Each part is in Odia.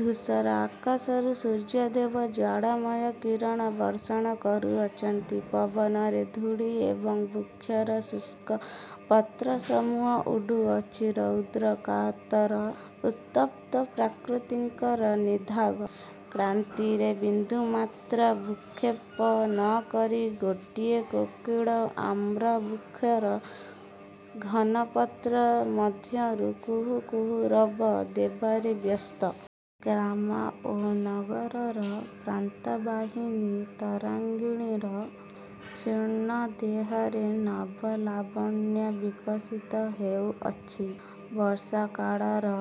ଧୂସର ଆକାଶରୁ ସୂର୍ଯ୍ୟଦେବ ଜ୍ୱାଳାମୟ କିରଣ ବର୍ଷଣ କରୁଅଛନ୍ତି। ପବନରେ ଧୂଳି ଏବଂ ବୃକ୍ଷର ଶୁଷ୍କ ପତ୍ରସମୂହ ଉଡ଼ୁଅଛି, ରୌଦ୍ରକାତର ଉତ୍ତପ୍ତ ପ୍ରାକୃତିଙ୍କର ନିଦାଘ କ୍ଳାନ୍ତିରେ ବିନ୍ଦୁମାତ୍ର ଭ୍ରୂକ୍ଷେପ ନ କରି ଗୋଟିଏ କୋକିଳ ଆମ୍ର ବୃକ୍ଷର ଘନ ପତ୍ର ମଧ୍ୟରୁ କୁହୁ କୁହୁ ରବ ଦେବାରେ ବ୍ୟସ୍ତ। ଗ୍ରାମ ଓ ନଗରର ପ୍ରାନ୍ତବାହିନୀ ତରଙ୍ଗିଣୀର ଶୀର୍ଣ୍ଣ ଦେହରେ ନବ ଲାବଣ୍ୟ ବିକଶିତ ହେଉଅଛି। ବର୍ଷାକାଳର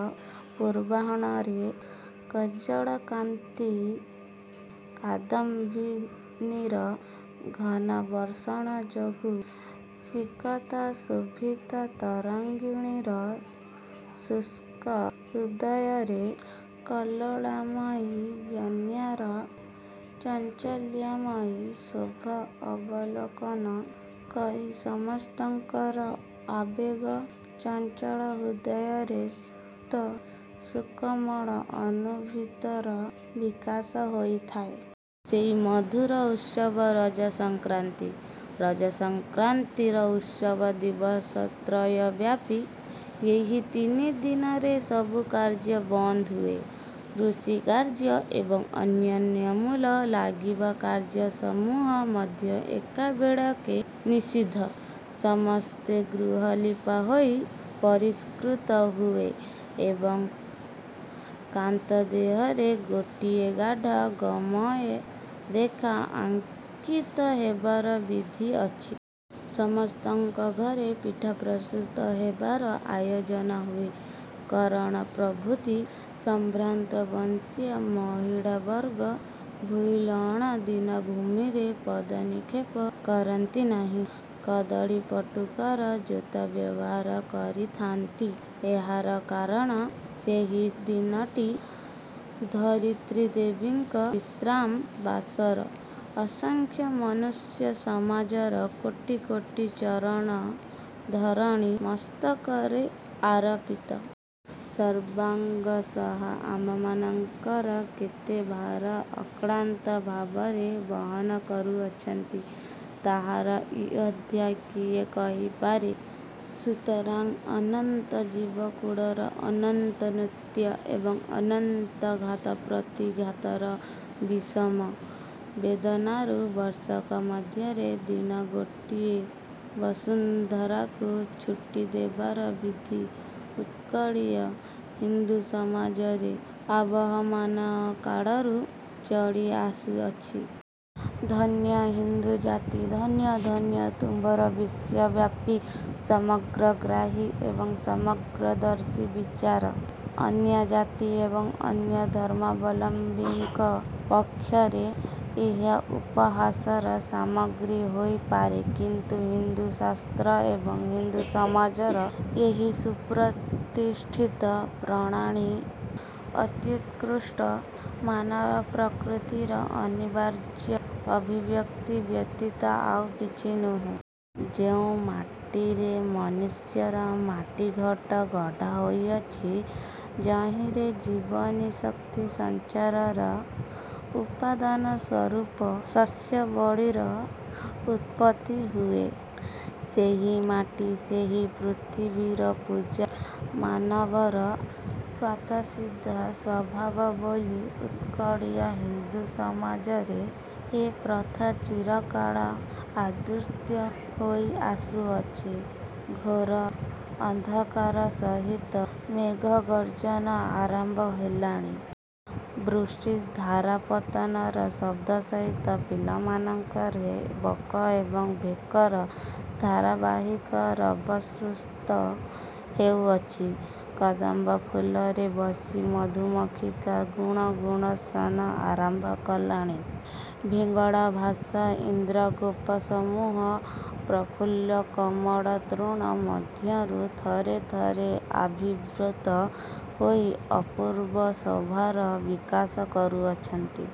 ପୂର୍ବାହ୍ଣରେ କଜ୍ଜଳକାନ୍ତି କାଦମ୍ବିନୀର ଘନ ବର୍ଷଣ ଯୋଗୁଁ ସିକତାଶୋଭିତାତରଙ୍ଗିଣୀର ଶୁଷ୍କ ହୃଦୟରେ କଲ୍ଲୋଳମୟୀ ବନ୍ୟାର ଚାଞ୍ଚଲ୍ୟମୟୀ ଶୋଭା ଅବଲୋକନ କରି ସମସ୍ତଙ୍କର ଆବେଗ ଚଞ୍ଚଳ ହୃଦୟରେ ସିକ୍ତ ସୁକୋମଳ ଅନୁଭୂତିର ବିକାଶ ହୋଇଥାଏ। ସେହି ମଧୁର ଉତ୍ସବ ରଜସଂକ୍ରାନ୍ତି। ରଜସଂକ୍ରାନ୍ତିର ଉତ୍ସବ ଦିବସତ୍ରୟବ୍ୟାପୀ ଏହି ତିନି ଦିନରେ ସବୁ କାର୍ଯ୍ୟ ବନ୍ଦ ହୁଏ। କୃଷିକାର୍ଯ୍ୟ ଏବଂ ଅନ୍ୟାନ୍ୟ ମୂଲ ଲାଗିବା କାର୍ଯ୍ୟସମୂହ ମଧ୍ୟ ଏକାବେଳକେ ନିଷିଦ୍ଧ। ସମସ୍ତ ଗୃହ ଲିପା ହୋଇ ପରିଷ୍କୃତ ହୁଏ ଏବଂ କାନ୍ଥ ଦେହରେ ଗୋଟିଏ ଗାଢ଼ ଗୋମୟ ରେଖା ଅଙ୍କିତ ହେବାର ବିଧି ଅଛି। ସମସ୍ତଙ୍କ ଘରେ ପିଠା ପ୍ରସ୍ତୁତ ହେବାର ଆୟୋଜନ ହୁଏ। କରଣ ପ୍ରଭୃତି ସମ୍ଭ୍ରାନ୍ତବଂଶୀୟା ମହିଳାବର୍ଗ ଭୂଇଁଲଅଁଣ ଦିନ ଭୂମିରେ ପଦନିକ୍ଷେପ କରନ୍ତି ନାହିଁ, କଦଳୀପଟୁକାର ଜୋତା ବ୍ୟବହାର କରିଥାନ୍ତି। ଏହାର କାରଣ, ସେହି ଦିନଟି ଧରିତ୍ରୀଦେବୀଙ୍କ ବିଶ୍ରାମ ବାସର। ଅସଂଖ୍ୟ ମନୁଷ୍ୟସମାଜର କୋଟି କୋଟି ଚରଣ ଧରଣୀ ମସ୍ତକରେ ଆରୋପିତ। ସର୍ବାଙ୍ଗସହା ଆମ୍ଭମାନଙ୍କର କେତେ ଭାର ଅକ୍ଳାନ୍ତଭାବରେ ବହନ କରୁଅଛନ୍ତି, ତାହାର ଇୟତ୍ତା କିଏ କହିପାରେ ସୁତରାଂ ଅନନ୍ତ ଜୀବକୁଳର ଅନନ୍ତ ନୃତ୍ୟ ଏବଂ ଅନନ୍ତ ଘାତପ୍ରତିଘାତର ବିଷମ ବେଦନାରୁ ବର୍ଷକ ମଧ୍ୟରେ ଦିନ ଗୋଟିଏ ବସୁନ୍ଧରାକୁ ଛୁଟି ଦେବାର ବିଧି ଉତ୍କଳୀୟ ହିନ୍ଦୁସମାଜରେ ଆବହମାନକାଳରୁ ଚଳି ଆସୁଅଛି। ଧନ୍ୟ ହିନ୍ଦୁ ଜାତି ଧନ୍ୟ ଧନ୍ୟ ତୁମ୍ଭର ବିଶ୍ୱବ୍ୟାପୀ ସମଗ୍ରଗ୍ରାହୀ ଏବଂ ସମଗ୍ରଦର୍ଶୀ ବିଚାର। ଅନ୍ୟ ଜାତି ଏବଂ ଅନ୍ୟ ଧର୍ମାବଲମ୍ବିଙ୍କ ପକ୍ଷରେ ଏହା ଉପହାସର ସାମଗ୍ରୀ ହୋଇ ପାରେ କିନ୍ତୁ ହିନ୍ଦୁଶାସ୍ତ୍ର ଏବଂ ହିନ୍ଦୁସମାଜର ଏହି ସୁପ୍ରତିଷ୍ଠିତ ପ୍ରଣାଳୀ ଅତ୍ୟୁତ୍କୃଷ୍ଟ ମାନବପ୍ରକୃତିର ଅନିବାର୍ଯ୍ୟ ଅଭିବ୍ୟକ୍ତି ବ୍ୟତୀତ ଆଉ କିଛି ନୁହେ। ଯେଉଁ ମାଟିରେ ମନୁଷ୍ୟର ମାଟିଘଟ ଗଢ଼ା ହୋଇଅଛି, ଯହିଁରେ ଜୀବନୀ ଶକ୍ତି ସଞ୍ଚାରର ଉପାଦାନସ୍ୱରୂପ ଶସ୍ୟାବଳୀର ଉତ୍ପତ୍ତି ହୁଏ, ସେହି ମାଟି ସେହି ପୃଥିବୀର ପୂଜା ମାନବର ସ୍ୱତଃସିଦ୍ଧ ସ୍ୱଭାବ ବୋଲି ଉତ୍କଳୀୟ ହିନ୍ଦୁସମାଜରେ ଏ ପ୍ରଥା ଚିରକାଳ ଆଦୃତ ହୋଇ ଆସୁଅଛି! ଘୋର ଅନ୍ଧକାର ସହିତ ମେଘଗର୍ଜ୍ଜନ ଆରମ୍ଭ ହେଲାଣି। ବୃଷ୍ଟିଧାରାପତନର ଶବ୍ଦ ସହିତ ବିଲମାନଙ୍କରେ ବକ ଏବଂ ଭେକର ଧାରାବାହିକ ରବ ଶ୍ରୁତ ହେଉଅଛି। କଦମ୍ବ ଫୁଲରେ ବସି ମଧୁମକ୍ଷିକା ଗୁଣୁ ଗୁଣୁ ସ୍ୱନ ଆରମ୍ଭ କଲାଣି। ଭିଙ୍ଗଡାଭାଷା ଇନ୍ଦ୍ରଗୋପସମୂହ ପ୍ରଫୁଲ୍ଲ କୋମଳ ତୃଣ ମଧ୍ୟରୁ ଥରେ ଥରେ ଆବିର୍ଭୂତ ହୋଇ ଅପୂର୍ବ ଶୋଭାର ବିକାଶ କରୁଅଛନ୍ତି।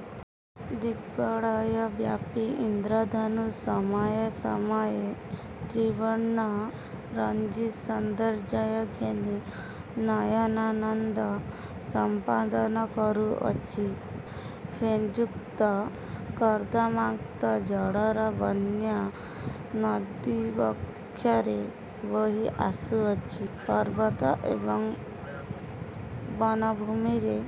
ଦିଗ୍ବଳୟବ୍ୟାପୀ ଇନ୍ଦ୍ରଧନୁ ସମୟେ ସମୟେ ତ୍ରିବର୍ଣ୍ଣ ରଞ୍ଜି ସୌନ୍ଦର୍ଯ୍ୟ ଘେନି ନୟନାନନ୍ଦ ସମ୍ପାଦନ କରୁଅଛି। ଫେନଯୁକ୍ତ କର୍ଦମାକ୍ତ ଜଳର ବନ୍ୟା ନଦୀବକ୍ଷରେ ବୋହି ଆସୁଅଛି। ପର୍ବତ ଏବଂ ବନଭୂମିରେ